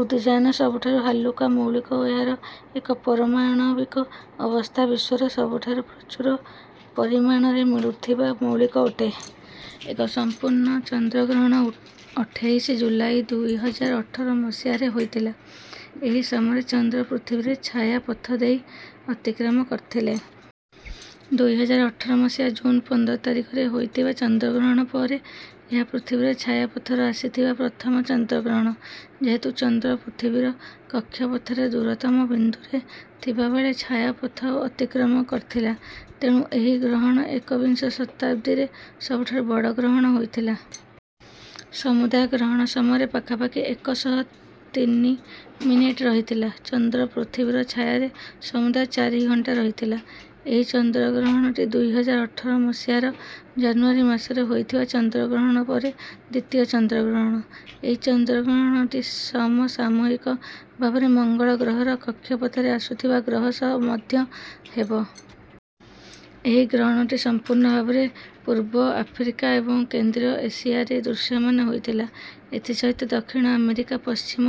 ଉଦଜାନ ସବୁଠାରୁ ହାଲୁକା ମୌଳିକ ଓ ଏହାର ଏକ ପରମାଣବିକ ଅବସ୍ଥା ବିଶ୍ୱର ସବୁଠାରୁ ପ୍ରଚୁର ପରିମାଣରେ ମିଳୁଥିବା ମୌଳିକ ଅଟେ। ଏକ ସମ୍ପୂର୍ଣ୍ଣ ଚନ୍ଦ୍ରଗ୍ରହଣ ଅଠେଇଶ ଜୁଲାଇ ଦୁଇ ହଜାର ଅଠର ମସିହାରେ ହୋଇଥିଲା। ଏହି ସମୟରେ ଚନ୍ଦ୍ର ପୃଥିବୀର ଛାୟାପଥ ଦେଇ ଅତିକ୍ରମ କରିଥିଲା। ଦୁଇ ହଜାର ଅଠର ମସିହା ଜୁନ ପନ୍ଦର ତାରିଖରେ ହୋଇଥିବା ଚନ୍ଦ୍ରଗ୍ରହଣ ପରେ ଏହା ପୃଥିବୀର ଛାୟାପଥରେ ଆସିଥିବା ପ୍ରଥମ ଚନ୍ଦ୍ରଗ୍ରହଣ। ଯେହେତୁ ଚନ୍ଦ୍ର ପୃଥିବୀର କକ୍ଷପଥରେ ଦୂରତମ ବିନ୍ଦୁରେ ଥିବାବେଳେ ଛାୟାପଥ ଅତିକ୍ରମ କରିଥିଲା, ତେଣୁ ଏହି ଗ୍ରହଣ ଏକବିଂଶ ଶତାବ୍ଦୀର ସବୁଠାରୁ ବଡ଼ ଗ୍ରହଣ ହୋଇଥିଲା। ସମୁଦାୟ ଗ୍ରହଣ ସମୟର ପାଖାପାଖି ଏକ ଶହ ତିନି ମିନିଟ ରହିଥିଲା। ଚନ୍ଦ୍ର ପୃଥିବୀର ଛାୟାରେ ସମୁଦାୟ ଚାରି ଘଣ୍ଟା ରହିଥିଲା। ଏହି ଚନ୍ଦ୍ରଗ୍ରହଣଟି ଦୁଇ ହଜାର ଅଠର ମସିହାର ଜାନୁଆରୀ ମାସରେ ହୋଇଥିବା ଚନ୍ଦ୍ରଗ୍ରହଣ ପରେ ଦ୍ୱିତୀୟ ଚନ୍ଦ୍ରଗ୍ରହଣ। ଏହି ଗ୍ରହଣଟି ସମସାମୂହିକ ଭାବରେ ମଙ୍ଗଳ ଗ୍ରହର କକ୍ଷପଥରେ ଆସୁଥିବା ଗ୍ରହ ସହ ମଧ୍ୟ ହେବ। ଏହି ଗ୍ରହଣଟି ସମ୍ପୂର୍ଣ୍ଣ ଭାବରେ ପୂର୍ବ ଆଫ୍ରିକା ଏବଂ କେନ୍ଦ୍ରୀୟ ଏସିଆରେ ଦୃଶ୍ୟମାନ ହୋଇଥିଲା। ଏଥିସହିତ ଦକ୍ଷିଣ ଆମେରିକା, ପଶ୍ଚିମ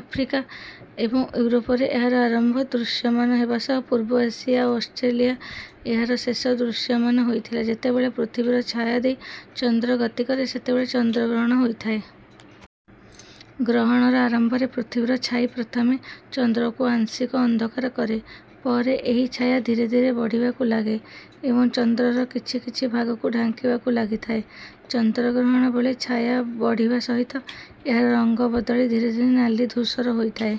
ଆଫ୍ରିକା ଏବଂ ୟୁରୋପରେ ଏହାର ଆରମ୍ଭ ଦୃଶ୍ୟମାନ ହେବା ସହ ପୂର୍ବ ଏସିଆ ଓ ଅଷ୍ଟ୍ରଲିଆରେ ଏହାର ଶେଷ ଦୃଶ୍ୟମାନ ହୋଇଥିଲା। ଯେତେବେଳେ ପୃଥିବୀର ଛାୟା ଦେଇ ଚନ୍ଦ୍ର ଗତି କରେ, ସେତେବେଳେ ଚନ୍ଦ୍ରଗ୍ରହଣ ହୋଇଥାଏ। ଗ୍ରହଣର ଆରମ୍ଭରେ ପୃଥିବୀର ଛାଇ ପ୍ରଥମେ ଚନ୍ଦ୍ରକୁ ଆଂଶିକ ଅନ୍ଧକାର କରେ। ପରେ ଏହି ଛାୟା ଧୀରେ ଧୀରେ ବଢ଼ିବାକୁ ଲାଗେ ଏବଂ ଚନ୍ଦ୍ରର କିଛି କିଛି ଭାଗକୁ ଢାଙ୍କିବାକୁ ଲାଗିଥାଏ। ଚନ୍ଦ୍ରଗ୍ରହଣ ବେଳେ ଛାୟା ବଢ଼ିବା ସହିତ ଏହାର ରଙ୍ଗ ବଦଳି ଧୀରେ ଧୀରେ ନାଲି ଧୂସର ହୋଇଥାଏ।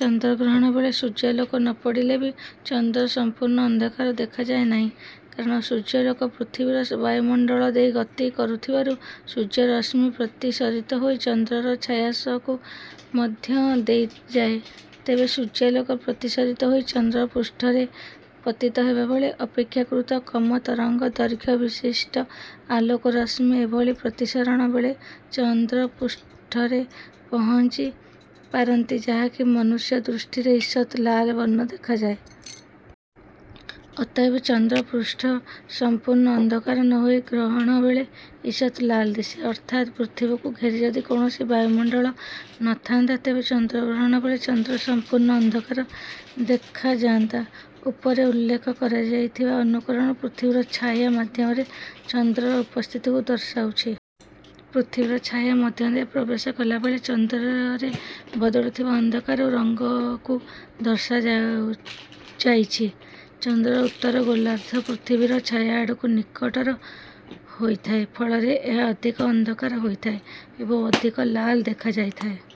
ଚନ୍ଦ୍ରଗ୍ରହଣ ବେଳେ ସୂର୍ଯ୍ୟାଲୋକ ନ ପଡ଼ିଲେ ବି ଚନ୍ଦ୍ର ସମ୍ପୂର୍ଣ୍ଣ ଅନ୍ଧକାର ଦେଖାଯାଏ ନାହିଁ। କାରଣ ସୂର୍ଯ୍ୟାଲୋକ ପୃଥିବୀର ବାୟୁମଣ୍ଡଳ ଦେଇ ଗତି କରୁଥିବାରୁ ସୂର୍ଯ୍ୟରଶ୍ମି ପ୍ରତିସରିତ ହୋଇ ଚନ୍ଦ୍ରର ଛାୟା ଶଙ୍କୁ ମଧ୍ୟ ଦେଇ ଯାଏ। ତେବେ ସୂର୍ଯ୍ୟାଲୋକ ପ୍ରତିସରିତ ହୋଇ ଚନ୍ଦ୍ର ପୃଷ୍ଠରେ ପତିତ ହେବାବେଳେ ଅପେକ୍ଷାକୃତ କମ ତରଙ୍ଗ ଦୈର୍ଘ୍ୟ ବିଶିଷ୍ଟ ଆଲୋକ ରଶ୍ମି ଏଭଳି ପ୍ରତିସରଣ ବେଳେ ଚନ୍ଦ୍ର ପୃଷ୍ଠରେ ପହଞ୍ଚି ପାରନ୍ତି ଯାହାକି ମନୁଷ୍ୟ ଦୃଷ୍ଟିରେ ଇଷତ୍ ଲାଲ ବର୍ଣ୍ଣ ଦେଖାଯାଏ। ଅତଏବ ଚନ୍ଦ୍ର ପୃଷ୍ଠ ସମ୍ପୂର୍ଣ୍ଣ ଅନ୍ଧକାର ନ ହୋଇ ଗ୍ରହଣ ବେଳେ ଇଷତ୍ ଲାଲ ଦିଶେ। ଅର୍ଥାତ ପୃଥିବୀକୁ ଘେରି ଯଦି କୌଣସି ବାୟୁମଣ୍ଡଳ ନ ଥାଆନ୍ତା, ତେବେ ଚନ୍ଦ୍ରଗ୍ରହଣ ବେଳେ ଚନ୍ଦ୍ର ସମ୍ପୂର୍ଣ୍ଣ ଅନ୍ଧକାର ଦେଖାଯାଆନ୍ତା। ଉପରେ ଉଲ୍ଲେଖ କରାଯାଇଥିବା ଅନୁକରଣ ପୃଥିବୀର ଛାୟା ମାଧ୍ୟମରେ ଚନ୍ଦ୍ରର ଉପସ୍ଥିତିକୁ ଦର୍ଶାଉଛି। ପୃଥିବୀର ଛାୟା ମଧ୍ୟ ଦେଇ ପ୍ରବେଶ କଲାବେଳେ ଚନ୍ଦ୍ରରେ ବଦଳୁଥିବା ଅନ୍ଧାକାର ଓ ରଙ୍ଗକୁ ଦର୍ଶାଯାଇଛି। ଚନ୍ଦ୍ର ଉତ୍ତର ଗୋଲାର୍ଦ୍ଧ ପୃଥିବୀର ଛାୟା ଆଡ଼କୁ ନିକଟର ହୋଇଥାଏ, ଫଳରେ ଏହା ଅଧିକ ଅନ୍ଧକାର ହୋଇଥାଏ ଏବଂ ଅଧିକ ଲାଲ ଦେଖାଯାଇଥାଏ।